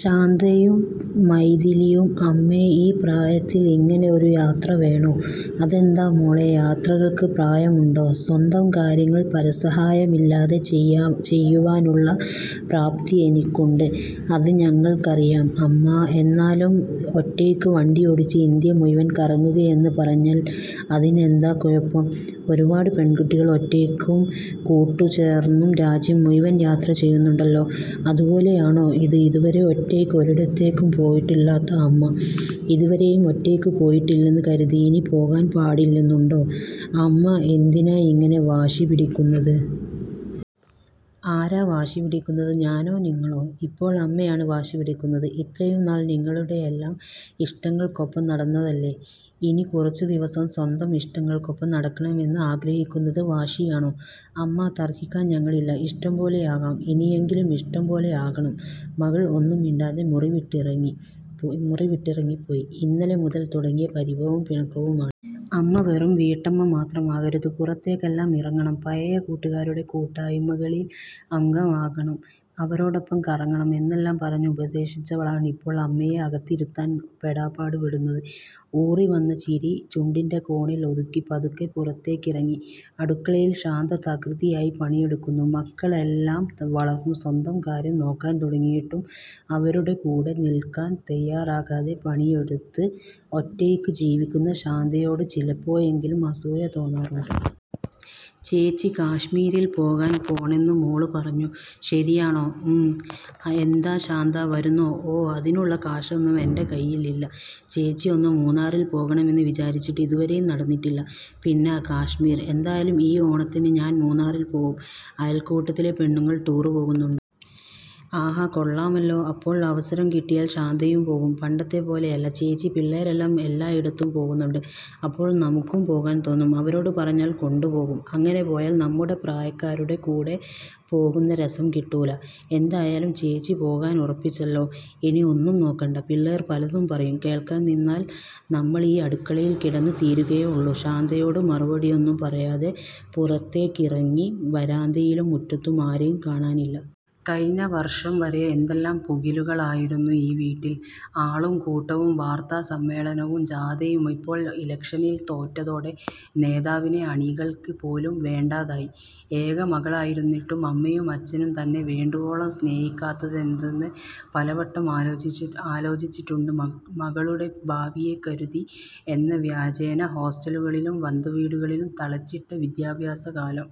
ശാന്തയും മൈഥിലിയും അമ്മേ ഈ പ്രായത്തിൽ ഇങ്ങനെ ഒരു യാത്ര വേണോ. അതെന്താ മോളെ യാത്രകൾക്ക് പ്രായമുണ്ടോ സ്വന്തം കാര്യങ്ങൾ പരസഹായമില്ലാതെചെയ്യാം ചെയ്യുവാനുള്ള പ്രാപ്തി എനിക്കുണ്ട്. അത് ഞങ്ങൾക്കറിയാം അമ്മാ എന്നാലും ഒറ്റയ്ക്ക് വണ്ടിയോടിച്ചു ഇന്ത്യ മുഴുവൻ കറങ്ങുകയെന്ന് പറഞ്ഞാൽഅതിനെന്താ കുഴപ്പം ഒരുപാട് പെൺകുട്ടികൾ ഒറ്റയ്ക്കും കൂട്ടുചേർന്നും രാജ്യം മുഴുവൻ യാത്ര ചെയ്യുന്നുണ്ടല്ലോ അതുപോലെയാണോ ഇത് ഇതുവരെ ഒറ്റയ്ക്ക് ഒരിടത്തേക്കും പോയിട്ടില്ലാത്ത അമ്മ ഇതുവരെയും ഒറ്റയ്ക്ക് പോയിട്ടില്ലെന്ന് കരുതി ഇനി പോകാൻ പാടില്ലെന്നുണ്ടോ അമ്മ എന്തിനാ ഇങ്ങനെ വാശി പിടിക്കുന്നത് ആരാ വാശി പിടിക്കുന്നത്, ഞാനോ നിങ്ങളോഇപ്പോൾ അമ്മയാണ് വാശി പിടിക്കുന്നത്. ഇത്രയും നാൾ നിങ്ങളുടെയെല്ലാം ഇഷ്ടങ്ങൾക്കൊപ്പം നടന്നതല്ലേ ഇനി കുറച്ചു ദിവസം സ്വന്തം ഇഷ്ടങ്ങൾക്കൊപ്പം നടക്കണമെന്ന് ആഗ്രഹിക്കുന്നത് വാശിയാണോ അമ്മാ തർക്കിക്കാൻ ഞങ്ങളില്ല ഇഷ്ടം പോലെയാകാം. ഇനിയെങ്കിലും ഇഷ്ടംപോലെയാകണം. മകൾ ഒന്നും മിണ്ടാതെ മുറിവിട്ടിറങ്ങി പോയിമുറിവിട്ടിറങ്ങി പോയി ഇന്നലെ മുതൽ തുടങ്ങിയ പരിഭവവും പിണക്കവുമാണ്. അമ്മ വെറും വീട്ടമ്മ മാത്രമാകരുത്, പുറത്തേക്കെല്ലാം ഇറങ്ങണം, പഴയ കൂട്ടുകാരുടെ കൂട്ടായ്മകളിൽ അംഗമാകണം, അവരോടൊപ്പം കറങ്ങണം എന്നെല്ലാം പറഞ്ഞു ഉപദേശിച്ചവളാണ് ഇപ്പോൾ അമ്മയെ അകത്തിരുത്താൻ പെടാപ്പാട് പെടുന്നത്. ഊറിവന്ന ചിരി ചുണ്ടിൻ്റെ കോണിൽ ഒതുക്കി പതുക്കെ പുറത്തേക്കിറങ്ങി, അടുക്കളയിൽ ശാന്ത തകൃതിയായി പണിയെടുക്കുന്നു. മക്കളെല്ലാം വളർന്നു സ്വന്തം കാര്യം നോക്കാൻ തുടങ്ങിയിട്ടും, അവരുടെ കൂടെ നിൽക്കാൻ തയാറാകാതെ പണിയെടുത്ത് ഒറ്റയ്ക്ക് ജീവിക്കുന്ന ശാന്തയോട് ചിലപ്പോഴെങ്കിലും അസൂയ തോന്നാറുണ്ട്. 'ചേച്ചി കാശ്മീരിൽ പോകാൻ പോണെന്ന് മോള് പറഞ്ഞു, ശരിയാണോ' 'ങും, അ എന്താ ശാന്താ വരുന്നോ' 'ഓ അതിനുള്ള കാശൊന്നും എൻ്റെ കൈയിൽ ചേച്ചി, ഒന്ന് മൂന്നാറിൽ പോകണമെന്ന് വിചാരിച്ചിട്ട് ഇതുവരെയും നടന്നിട്ടില്ല, പിന്നാ കാശ്മീർ. എന്തായാലും ഈ ഓണത്തിന് ഞാൻ മൂന്നാറിൽ പോകും, അയൽക്കൂട്ടത്തിലെ പെണ്ണുങ്ങൾ ടൂർ പോകുന്നു 'ആഹാ, കൊള്ളാമല്ലോ അപ്പോൾ അവസരം കിട്ടിയാൽ ശാന്തയും പോകും.' 'പണ്ടത്തെ പോലെയല്ല ചേച്ചി, പിള്ളേരെല്ലാം എല്ലായിടത്തും പോകുന്നുണ്ട്. അപ്പോൾ നമ്മുക്കും പോകാൻ തോന്നും, അവരോട് പറഞ്ഞാൽ കൊണ്ടുപോകും, അങ്ങനെ പോയാൽ നമ്മുടെ പ്രായക്കാരുടെ കൂടെ പോകുന്ന രസം കിട്ടൂല. എന്തായാലും ചേച്ചി പോകാൻ ഉറപ്പിച്ചല്ലോ, ഇനി ഒന്നും നോക്കണ്ട; പിള്ളേർ പലതും പറയും കേൾക്കാൻ നിന്നാൽ നമ്മളീ അടുക്കളയിൽ കിടന്ന് തീരുകയേ ഉള്ളൂ' ശാന്തയോട് മറുപടിയൊന്നും പറയാതെ പുറത്തേക്കിറങ്ങി, വരാന്തയിലും മുറ്റത്തും ആരെയും കാണാനില്ല. കഴിഞ്ഞ വർഷം വരെ എന്തെല്ലാം പുകിലുകളായിരുന്നു ഈ വീട്ടിൽ, ആളും കൂട്ടവും വാർത്താ സമ്മേളനവും ജാഥയും ഇപ്പോൾ ഇലക്ഷനിൽ തോറ്റതോടെ നേതാവിനെ അണികൾക്ക് പോലും വേണ്ടാതായി. ഏക മകളായിരുന്നിട്ടും, അമ്മയും അച്ഛനും തന്നെ വേണ്ടുവോളം സ്നേഹിക്കാത്തതെന്തെന്ന് പലവട്ടം ആലോചിച്ചി ആലോചിച്ചിട്ടുണ്ട്. മക മകളുടെ ഭാവിയെക്കരുതി എന്ന വ്യാജേന ഹോസ്റ്റലുകളിലും, ബന്ധുവീടുകളിലും തളച്ചിട്ട വിദ്യാഭ്യാസകാലം.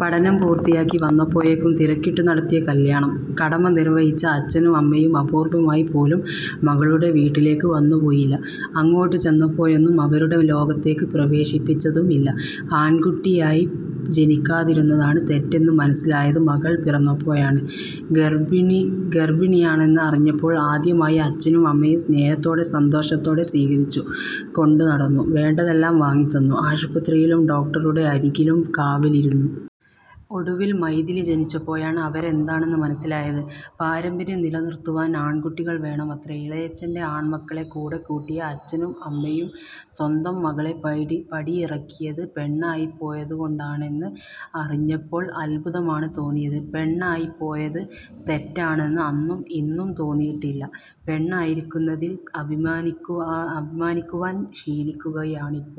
പഠനം പൂർത്തിയാക്കി വന്നപ്പോഴേക്കും തിരക്കിട്ടു നടത്തിയ കല്ല്യാണം. കടമ നിർവഹിച്ച അച്ഛനും അമ്മയും അപൂർവമായി പോലും മകളുടെ വീട്ടിലേക്ക് വന്നുപോയില്ല. അങ്ങോട്ട് ചെന്നപ്പോഴൊന്നും, അവരുടെ ലോകത്തേക്ക് പ്രവേശിപ്പിച്ചതുമില്ല. ആൺകുട്ടിയായി ജനിക്കാതിരുന്നതാണ് തെറ്റെന്ന് മനസ്സിലായത് മകൾ പിറന്നപ്പോഴാണ്, ഗർഭിണി ഗർഭിണിയാണെന്ന് അറിഞ്ഞപ്പോൾ ആദ്യമായി അച്ഛനും അമ്മയും സ്നേഹത്തോടെ സന്തോഷത്തോടെ സ്വീകരിച്ചു, കൊണ്ടുനടന്നു വേണ്ടതെല്ലാം വാങ്ങിത്തന്നു, ആശുപത്രിയിലും ഡോക്ടറുടെ അരികിലും കാവലിരുന്നു. ഒടുവിൽ മൈഥിലി ജനിച്ചപ്പോഴാണ് അവരെന്താണെന്ന് മനസ്സിലായത്, പാരമ്പര്യം നിലനിറുത്തുവാൻ ആൺകുട്ടികൾ വേണമത്രേ. ഇളയച്ഛൻ്റെ ആൺമക്കളെ കൂടെകൂട്ടിയ അച്ഛനും അമ്മയും സ്വന്തം മകളെപടി പടിയിറക്കിയത് പെണ്ണായിപ്പോയത് കൊണ്ടാണെന്ന് അറിഞ്ഞപ്പോൾ അത്ഭുതമാണ് തോന്നിയത്. പെണ്ണായിപ്പോയത് തെറ്റാണെന്ന് അന്നും ഇന്നും തോന്നിയിട്ടില്ല, പെണ്ണായിരിക്കുന്നതിൽഅഭിമാനിക്കുവാ അഭിമാനിക്കുവാൻ ശീലിക്കുകയാണിപ്പോൾ.